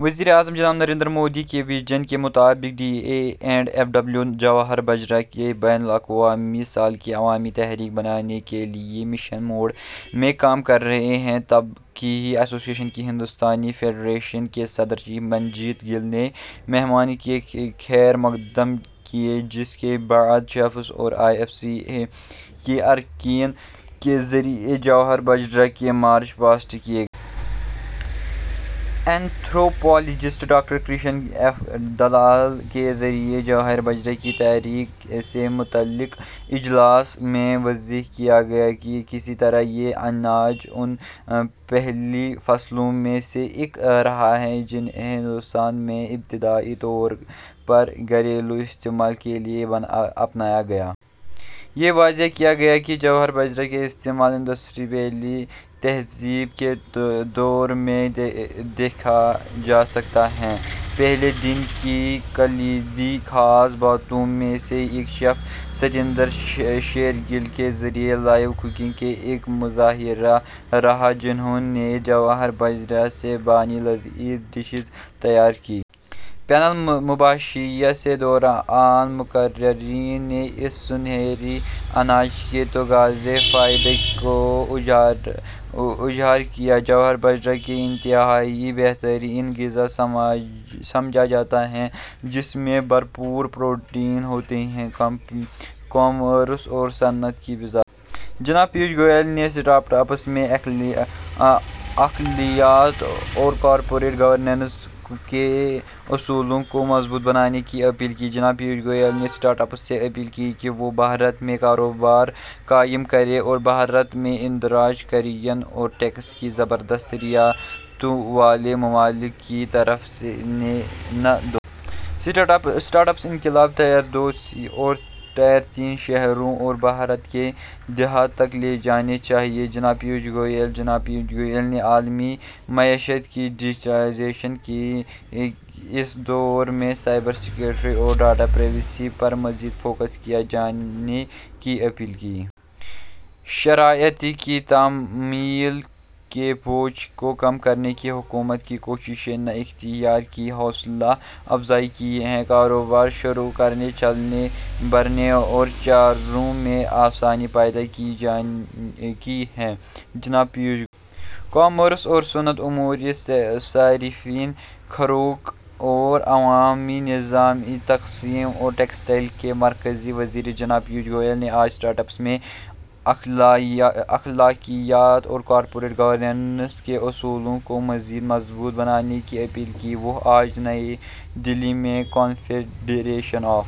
وزیراعظم جناب نریندر مودی کے ویژن کے مطابق، D A and F W جوار باجرہ کے بین الاقوامی سال کو عوامی تحریک بنانے کے لیے مشن موڈ میں کام کر رہا ہے۔ طباخی ایسوسی ایشن کی ہندوستانی فیڈریشن کے صدر شیف منجیت گل نے مہمانان کا خیر مقدم کیا، جس کے بعد شیفس اور آئی ایف سی اے کے اراکین کے ذریعے جوار باجرہ کا مارچ پاسٹ کیا گیا۔ Anthropologist doctor Krish F Dalal کے ذریعے جوار باجرہ کی تاریخ سے متعلق اجلاس میں واضح کیا گیا کہ کس طرح یہ اناج ان پہلی فصلوں میں سے ایک رہا ہے، جنہیں ہندوستان میں ابتدائی طور پر گھریلو استعمال کے لیے اپنایا گیا۔ یہ واضح کیا گیا کہ جوار باجرہ کا استعمال انڈس ویلی تہذیب کے دور میں دیکھا جا سکتا ہے۔ پہلے دن کی کلیدی خاص باتوں میں سے ایک شیف ستیندر شیر گل کے ذریعے لائیو کوکنگ کا ایک مظاہرہ رہا، جنہوں نے جوار باجرہ سے بنی لذیذ ڈشیں تیار کیں۔ پینل مباحثے کے دوران مقررین نے اس سنہرے اناج کے تغذیائی فوائد کو اجاگر کیا۔ جوار باجرہ کو انتہائی بہترین خوراک سمجھا جاتا ہے، جس میں بھرپور پروٹین ہوتے ہیں۔ کامرس اور صنعت کی وزارت۔ جناب پیوش گوئل نے اسٹارٹ اپس میں اخلاقیات اور کارپوریٹ گورننس کے اصولوں کو مضبوط بنانے کی اپیل کی۔ جناب پیوش گوئل نے اسٹارٹ اپس سے اپیل کی کہ وہ بھارت میں کاروبار قائم کریں اور بھارت میں اندراج کرائیں اور ٹیکس کی زبردست رعایتوں والے ممالک کی طرف نہ دوڑیں۔ اسٹارٹ اپ انقلاب ٹیئر ٹو اور ٹیئر تھری شہروں اور بھارت کے دیہات تک لے جانا چاہیے، جناب پیوش گوئل۔ جناب پیوش گوئل نے عالمی معیشت کی ڈیجیٹلائزیشن کے اس دور میں سائبر سیکیورٹی اور ڈیٹا پرائیویسی پر مزید فوکس کیے جانے کی اپیل کی۔ شرائط کی تعمیل کے بوجھ کو کم کرنے کی حکومت کی کوششوں نے اختراع کی حوصلہ افزائی کی ہے اور کاروبار شروع کرنے، چلانے، بڑھانے اور چھوڑنے میں آسانی پیدا کی ہے، جناب پیوش گوئل۔ کامرس اور صنعت، امور صارفین، خوراک اور عوامی نظام تقسیم اور ٹیکسٹائل کے مرکزی وزیر جناب پیوش گوئل نے آج اسٹارٹ اپس میں اخلاقیات اور کارپوریٹ گورننس کے اصولوں کو مزید مضبوط بنانے کی اپیل کی۔ وہ آج نئی دہلی میں کنفیڈریشن آف...